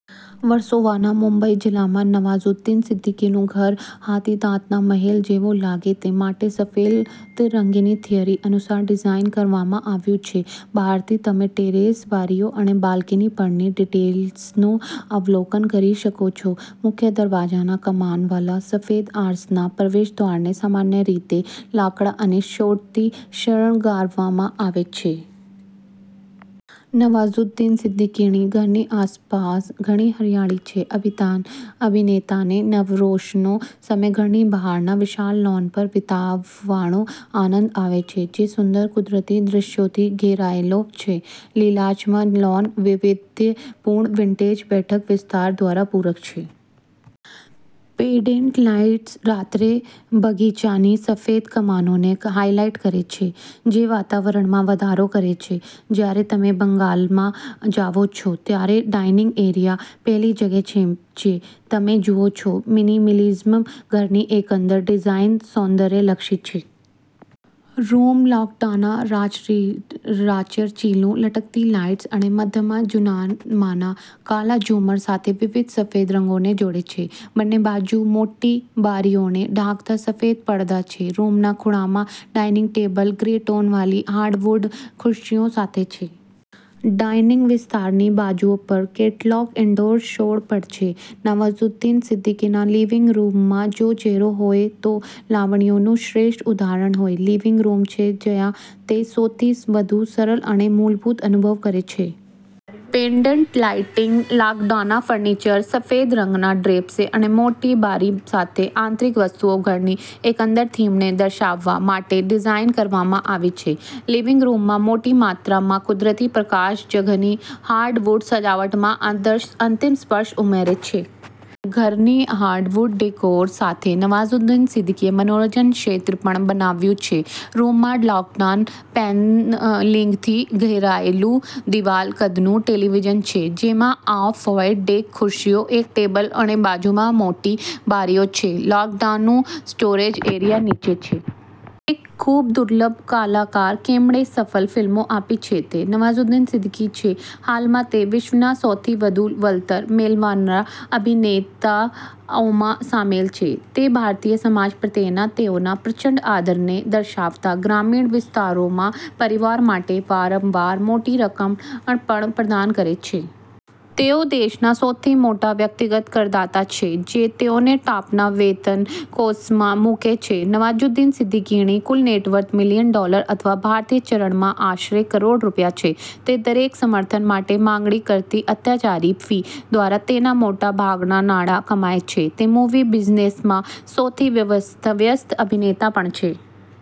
વર્સોવાના મુંબઈ જિલ્લામાં નવાઝુદ્દીન સિદ્દીકીનું ઘર હાથીદાંતના મહેલ જેવું લાગે તે માટે સફેદ રંગની થિયરી અનુસાર ડિઝાઇન કરવામાં આવ્યું છે. બહારથી તમે ટેરેસ, બારીઓ અને બાલ્કની પરની વિગતોનું અવલોકન કરી શકો છો. મુખ્ય દરવાજાના કમાન વાળા સફેદ આરસના પ્રવેશદ્વારને સામાન્ય રીતે લાકડા અને છોડથી શણગારવામાં આવે છે. નવાઝુદ્દીન સિદ્દીકીના ઘરની આસપાસ ઘણી હરિયાળી છે. અભિનેતાને નવરાશનો સમય ઘરની બહારના વિશાળ લૉન પર વિતાવવાનો આનંદ આવે છે જે સુંદર કુદરતી દૃશ્યોથી ઘેરાયેલો છે. લીલાછમ લૉન વૈવિધ્યપૂર્ણ વિન્ટેજ બેઠક વિસ્તાર દ્વારા પૂરક છે. પેન્ડન્ટ લાઇટ્સ રાત્રે બગીચાની સફેદ કમાનોને હાઇલાઇટ કરે છે જે વાતાવરણમાં વધારો કરે છે. જ્યારે તમે બંગલામાં જાવ છો, ત્યારે ડાઇનિંગ એરિયા પહેલી જગ્યા છે જે તમે જુઓ છો. મિનિમલિઝમ ઘરની એકંદર ડિઝાઇન સૌંદર્યલક્ષી છે. રૂમ લાકડાના રાચરચીલું, લટકતી લાઇટ્સ અને મધ્યમાં જૂના જમાનાનું કાળું ઝુમ્મર સાથે વિવિધ સફેદ રંગોને જોડે છે. બંને બાજુ મોટી બારીઓને ઢાંકતા સફેદ પડદા છે. રૂમના ખૂણામાં ડાઇનિંગ ટેબલ ગ્રે-ટોન વાળી હાર્ડવુડ ખુરશીઓ સાથે છે. ડાઇનિંગ વિસ્તારની બાજુઓ પર કેટલાક ઇન્ડોર છોડ પણ છે. નવાઝુદ્દીન સિદ્દીકીના લિવિંગ રૂમમાં જો ચહેરો હોય તો લાવણ્યનું શ્રેષ્ઠ ઉદાહરણ હશે. લિવિંગ રૂમ છે જ્યાં તે સૌથી વધુ સરળ અને મૂળભૂત અનુભવે છે. પેન્ડન્ટ લાઇટિંગ, લાકડાના ફર્નિચર, સફેદ રંગના ડ્રેપ્સ અને મોટી બારી સાથે, આંતરિક વસ્તુઓ ઘરની એકંદર થીમને દર્શાવવા માટે ડિઝાઇન કરવામાં આવી છે. લિવિંગ રૂમમાં મોટી માત્રામાં કુદરતી પ્રકાશ જગ્યાની હાર્ડવુડ સજાવટમાં આદર્શ અંતિમ સ્પર્શ ઉમેરે છે. ઘરની હાર્ડવુડ ડેકોર સાથે નવાઝુદ્દીન સિદ્દીકીએ મનોરંજન ક્ષેત્ર પણ બનાવ્યું છે. રૂમમાં લાકડાના પેનલિંગથી ઘેરાયેલું દિવાલ-કદનું ટેલિવિઝન છે જેમાં ઑફ-વ્હાઇટ ડેક ખુરશીઓ, એક ટેબલ અને બાજુમાં મોટી બારીઓ છે. લાકડાના સ્ટોરેજ એરિયા નીચે છે. એક ખૂબદુર્લભ કલાકાર કે જેમણે સફળ ફિલ્મો આપી છે તે નવાઝુદ્દીન સિદ્દીકી છે. હાલમાં તે વિશ્વના સૌથી વધુ વળતર મેળવનારા અભિનેતાઓમાં સામેલ છે. તે ભારતીય સમાજ પ્રત્યેના તેમના પ્રચંડ આદરને દર્શાવતા ગ્રામીણ વિસ્તારોમાં પરિવારો માટે વારંવાર મોટી રકમ પણ પ્રદાન કરે છે. તેઓ દેશના સૌથી મોટા વ્યક્તિગત કરદાતા છે જે તેમને ટોચના વેતન કૌંસમાં મૂકે છે. નવાઝુદ્દીન સિદ્દીકીની કુલ નેટવર્થ મિલિયન ડોલર અથવા ભારતીય ચલણમાં આશરે કરોડ રૂપિયા છે. તે દરેક સમર્થન માટે માંગણી કરતી અત્યાચારી ફી દ્વારા તેના મોટા ભાગના નાણાં કમાય છે. તે મૂવી બિઝનેસમાં સૌથી વ્યસ્ત અભિનેતા પણ છે.